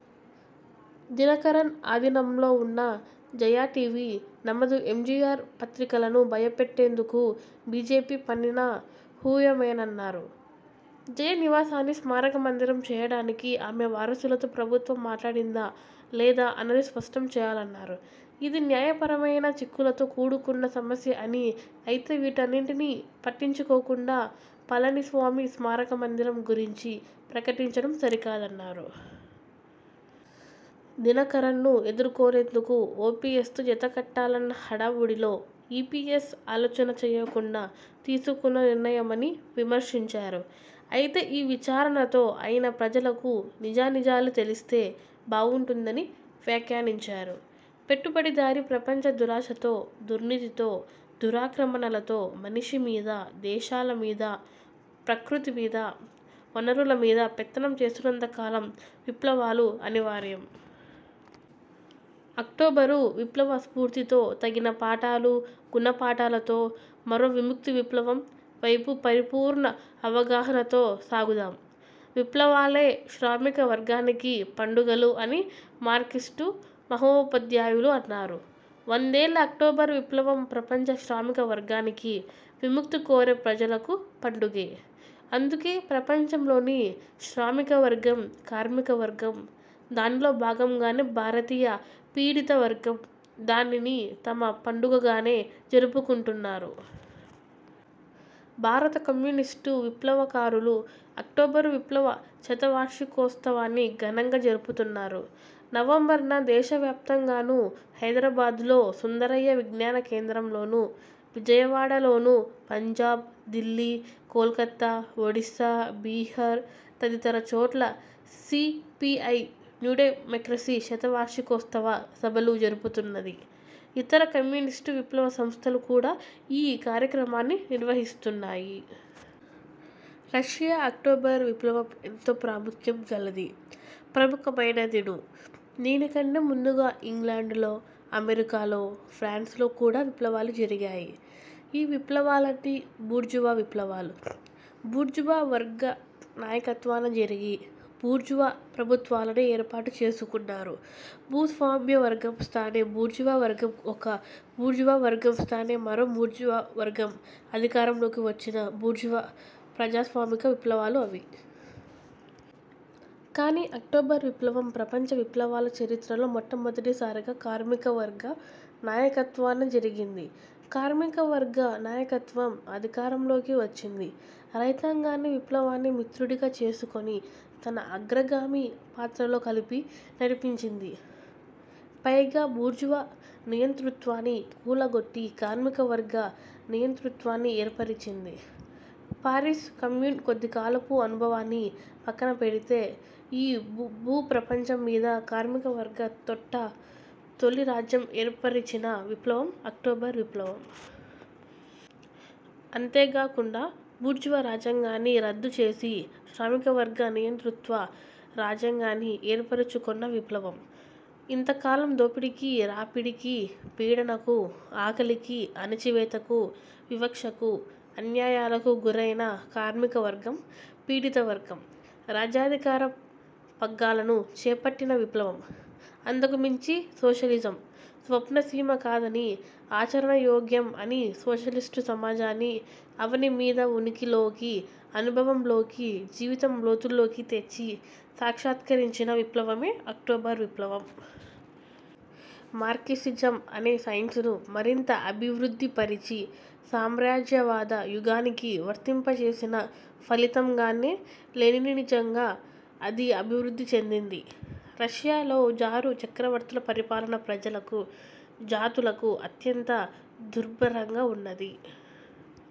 దినకరన్ ఆధీనంలో వున్న జయా టీవీ, నమదు ఎంజీఆర్ పత్రికలను భయపెట్టేందుకు బీజేపీ పన్నిన వ్యూహమేనన్నారు. జయ నివాసాన్ని స్మారకమందిరం చేయడానికి ఆమె వారసులతో ప్రభుత్వం మాట్లాడిందా లేదా అన్నది స్పష్టం చేయాలన్నారు. ఇది న్యాయపరమైన చిక్కులతో కూడుకున్న సమస్య అని, అయితే వీటన్నింటినీ పట్టించుకోకుండా పళనిస్వామి స్మారకమందిరం గురించి ప్రకటించడం సరికాదన్నారు. దినకరన్ను ఎదుర్కొనేందుకు ఓపీఎస్తో జత కట్టాలన్న హడావుడిలో ఈపీఎస్ ఆలోచన చేయకుండా తీసుకున్న నిర్ణయమని విమర్శించారు. అయితే ఈ విచారణతో అయినా ప్రజలకు నిజానిజాలు తెలిస్తే బావుంటుందని వ్యాఖ్యానించారు. పెట్టుబడిదారీ ప్రపంచం దురాశతో, దుర్నీతితో, దురాక్రమణలతో మనిషి మీద, దేశాల మీద, ప్రకృతి మీద, వనరుల మీద పెత్తనం చేస్తున్నంత కాలం విప్లవాలు అనివార్యం. అక్టోబరు విప్లవ స్ఫూర్తితో, తగిన పాఠాలు, గుణపాఠాలతో మరో విముక్తి విప్లవం వైపు పరిపూర్ణ అవగాహనతో సాగుదాం. విప్లవాలే శ్రామిక వర్గానికి పండుగలు అని మార్క్సిస్టు మహోపాధ్యాయులు అన్నారు. వందేళ్ళ అక్టోబర్ విప్లవం ప్రపంచ శ్రామిక వర్గానికి, విముక్తి కోరే ప్రజలకు పండుగే. అందుకే ప్రపంచంలోని శ్రామికవర్గం, కార్మికవర్గం, దానిలో భాగంగానే భారతీయ పీడిత వర్గం దానిని తమ పండుగగానే జరుపుకుంటున్నారు. భారత కమ్యూనిస్టు విప్లవకారులు అక్టోబరు విప్లవ శతవార్షికోత్సవాన్ని ఘనంగా జరుపుతున్నారు. నవంబర్ న దేశవ్యాప్తంగానూ, హైదరాబాద్లో సుందరయ్య విజ్ఞాన కేంద్రంలోనూ, విజయవాడలోనూ, పంజాబ్, ఢిల్లీ, కోల్కత్తా, ఒడిశా, బీహార్ తదితర చోట్ల సీపీఐ న్యూడెమోక్రసీ శతవార్షికోత్సవ సభలు జరుపుతున్నది. యితర కమ్యూనిస్టు విప్లవ సంస్థలు కూడా యీ కార్యక్రమాన్ని నిర్వహిస్తున్నాయి. రష్యా అక్టోబర్ విప్లవం ఎంతో ప్రాముఖ్యం గలదీ ప్రముఖమైనదీనూ. దీనికంటే ముందుగా ఇంగ్లాండులో, అమెరికాలో, ఫ్రాన్సులో కూడా విప్లవాలు జరిగాయి. ఈ విప్లవాలన్నీ బూర్జువా విప్లవాలు. బూర్జువా వర్గ నాయకత్వాన జరిగి, బూర్జువా ప్రభుత్వాలనే ఏర్పాటు చేసుకున్నారు. భూస్వామ్యవర్గం స్థానే బూర్జువావర్గం, ఒక బూర్జువావర్గం స్థానే మరో బూర్జువావర్గం అధికారంలోకి వచ్చిన బూర్జువా ప్రజాస్వామిక విప్లవాలు అవి. కానీ, అక్టోబర్ విప్లవం ప్రపంచ విప్లవాల చరిత్రలో మొట్టమొదటిసారిగా కార్మిక వర్గ నాయకత్వాన జరిగింది. కార్మికవర్గ నాయకత్వం అధికారంలోకి వచ్చింది. రైతాంగాన్ని విప్లవాన్ని మిత్రుడిగా చేసుకొని తన అగ్రగామి పాత్రతో కలిపి నడిపించింది. పైగా బూర్జువా నియంతృత్వాన్ని కూలగొట్టి, కార్మికవర్గ నియంతృత్వాన్ని ఏర్పరిచింది. పారిస్ కమ్యూన్ కొద్దికాలపు అనుభవాన్ని పక్కనపెడితే, యీ భూ ప్రపంచం మీద కార్మికవర్గ తొట్ట తొలి రాజ్యం ఏర్పరిచిన విప్లవం అక్టోబర్ విప్లవం. అంతేగాకుండా బూర్జువా రాజ్యాంగాన్ని రద్దు చేసి, శ్రామికవర్గ నియంతృత్వ రాజ్యాంగాన్ని ఏర్పరుచుకొన్న విప్లవం. ఇంతకాలం దోపిడికి, రాపిడికి, పీడనకు, ఆకలికి, అణచివేతకు, వివక్షకు, అన్యాయాలకు గురైన కార్మికవర్గం, పీడితవర్గం రాజ్యాధికార పగ్గాలను చేపట్టిన విప్లవం. అంతకుమించి సోషలిజం స్వప్న సీమ కాదని, ఆచరణయోగ్యం అని సోషలిస్టు సమాజాన్ని అవని మీద ఉనికిలోకీ, అనుభవంలోకీ, జీవితం లోతుల్లోకీ తెచ్చి, సాక్షాత్కరించిన విప్లవమే అక్టోబర్ విప్లవం. మార్క్సిజం అనే సైన్సును మరింత అభివృద్ధిపరిచి, సామ్రాజ్యవాద యుగానికి వర్తింపచేసిన ఫలితంగానే లెనినిజంగా అది అభివృద్ధి చెందింది. రష్యాలో జారు చక్రవర్తుల పరిపాలన ప్రజలకు, జాతులకు అత్యంత దుర్భరంగా వున్నది.